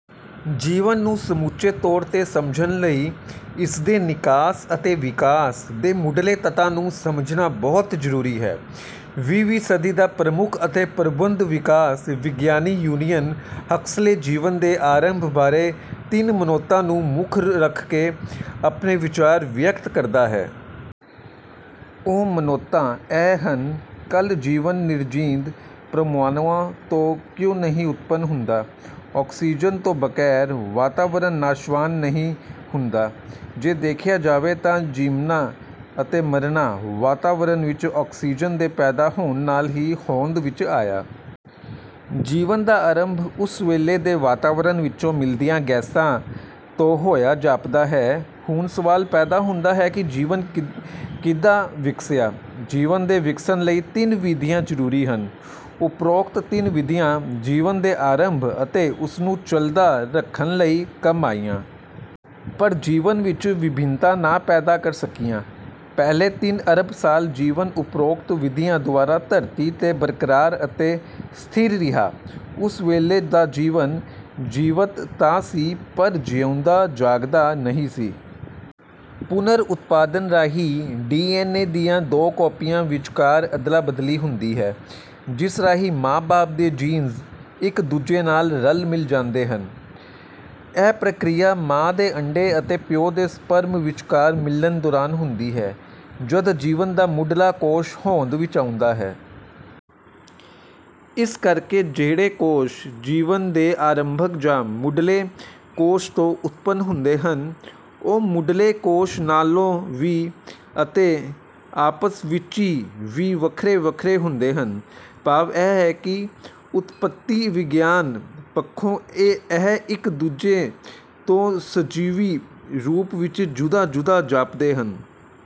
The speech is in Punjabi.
ਜੀਵਨ ਨੂੰ ਸਮੁੱਚੇ ਤੌਰ 'ਤੇ ਸਮਝਣ ਲਈ ਇਸ ਦੇ ਨਿਕਾਸ ਅਤੇ ਵਿਕਾਸ ਦੇ ਮੁੱਢਲੇ ਤੱਤਾਂ ਨੂੰ ਸਮਝਣਾ ਬਹੁਤ ਜ਼ਰੂਰੀ ਹੈ। ਵੀਹਵੀਂ ਸਦੀ ਦਾ ਪ੍ਰਮੁੱਖ ਅਤੇ ਪ੍ਰਬੁੱਧ ਵਿਕਾਸ ਵਿਗਿਆਨੀ ਯੂਲੀਅਨ ਹਕਸਲੇ ਜੀਵਨ ਦੇ ਆਰੰਭ ਬਾਰੇ ਤਿੰਨ ਮਨੌਤਾਂ ਨੂੰ ਮੁੱਖ ਰੱਖ ਕੇ ਆਪਣੇ ਵਿਚਾਰ ਵਿਅਕਤ ਕਰਦਾ ਹੈ। ਉਹ ਮਨੌਤਾਂ ਇਹ ਹਨ: ਕੱਲ ਜੀਵਨ ਨਿਰਜਿੰਦ ਪ੍ਰਮਾਣੂਆਂ ਤੋਂ ਕਿਉਂ ਨਹੀਂ ਉਤਪੰਨ ਹੁੰਦਾ? ਆਕਸੀਜਨ ਤੋਂ ਬਗੈਰ ਵਾਤਾਵਰਣ ਨਾਸ਼ਵਾਨ ਨਹੀਂ ਹੁੰਦਾ। ਜੇ ਦੇਖਿਆ ਜਾਵੇ ਤਾਂ ਜੰਮਣਾ ਅਤੇ ਮਰਨਾ ਵਾਤਾਵਰਣ ਵਿੱਚ ਆਕਸੀਜ਼ਨ ਦੇ ਪੈਦਾ ਹੋਣ ਨਾਲ ਹੀ ਹੋਂਦ ਵਿੱਚ ਆਇਆ। ਜੀਵਨ ਦਾ ਆਰੰਭ ਉਸ ਵੇਲੇ ਦੇ ਵਾਤਾਵਰਨ ਵਿਚੋਂ ਮਿਲਦੀਆਂ ਗੈਸਾਂ ਤੋਂ ਹੋਇਆ ਜਾਪਦਾ ਹੈ। ਹੁਣ ਸਵਾਲ ਪੈਦਾ ਹੁੰਦਾ ਹੈ ਕਿ ਜੀਵਨ ਕਿੱਦਾਂ ਵਿਗਸਿਆ? ਜੀਵਨ ਦੇ ਵਿਗਸਣ ਲਈ ਤਿੰਨ ਵਿਧੀਆਂ ਜਰੂਰੀ ਹਨ। ਉਪਰੋਕਤ ਤਿੰਨ ਵਿਧੀਆਂ ਜੀਵਨ ਦੇ ਆਰੰਭ ਅਤੇ ਉਸ ਨੂੰ ਚੱਲਦਾ ਰੱਖਣ ਲਈ ਕੰਮ ਆਈਆਂ। ਪਰ ਜੀਵਨ ਵਿੱਚ ਵਿਭਿੰਨਤਾ ਨਾ ਪੈਦਾ ਕਰ ਸਕੀਆਂ। ਪਹਿਲੇ ਤਿੰਨ ਅਰਬ ਸਾਲ ਜੀਵਨ ਉਪਰੋਕਤ ਵਿਧੀਆਂ ਦੁਆਰਾ ਧਰਤੀ 'ਤੇ ਬਰਕਰਾਰ ਅਤੇ ਸਥਿਰ ਰਿਹਾ। ਉਸ ਵੇਲੇ ਦਾ ਜੀਵਨ, ਜੀਵਤ ਤਾਂ ਸੀ ਪਰ ਜਿਉਂਦਾ-ਜਾਗਦਾ ਨਹੀਂ ਸੀ। ਪੁਨਰ ਉਤਪਾਦਨ ਰਾਹੀਂ ਡੀ. ਐੱਨ. ਏ ਦੀਆਂ ਦੋ ਕਾਪੀਆਂ ਵਿਚਕਾਰ ਅਦਲਾ ਬਦਲੀ ਹੁੰਦੀ ਹੈ ਜਿਸ ਰਾਹੀਂ ਮਾਂ-ਬਾਪ ਦੇ ਜੀਨਜ਼ ਇੱਕ ਦੂਜੇ ਨਾਲ ਰਲ ਮਿਲ ਜਾਂਦੇ ਹਨ। ਇਹ ਪ੍ਰਕਿਰਿਆ ਮਾਂ ਦੇ ਅੰਡੇ ਅਤੇ ਪਿਓ ਦੇ ਸਪਰਮ ਵਿਚਕਾਰ ਮਿਲਣ ਦੌਰਾਨ ਹੁੰਦੀ ਹੈ ਜਦ ਜੀਵਨ ਦਾ ਮੁੱਢਲਾ ਕੋਸ਼ ਹੋਂਦ ਵਿੱਚ ਆਉਂਦਾ ਹੈ। ਇਸ ਕਰਕੇ ਜਿਹੜੇ ਕੋਸ਼ ਜੀਵਨ ਦੇ ਆਰੰਭਕ ਜਾਂ ਮੁੱਢਲੇ ਕੋਸ਼ ਤੋਂ ਉਤਪੰਨ ਹੁੰਦੇ ਹਨ, ਉਹ ਮੁੱਢਲੇ ਕੋਸ਼ ਨਾਲੋਂ ਵੀ ਅਤੇ ਆਪਸ-ਵਿਚੀ ਵੀ ਵੱਖਰੇ-ਵੱਖਰੇ ਹੁੰਦੇ ਹਨ, ਭਾਵ ਇਹ ਕਿ ਉਤਪਤੀ ਵਿਗਿਆਨ ਪੱਖੋਂ ਇਹ ਇੱਕ ਦੂਜੇ ਤੋਂ ਸੁਜੀਵੀ ਰੂਪ ਵਿੱਚ ਜੁਦਾ-ਜੁਦਾ ਜਾਪਦੇ ਹਨ।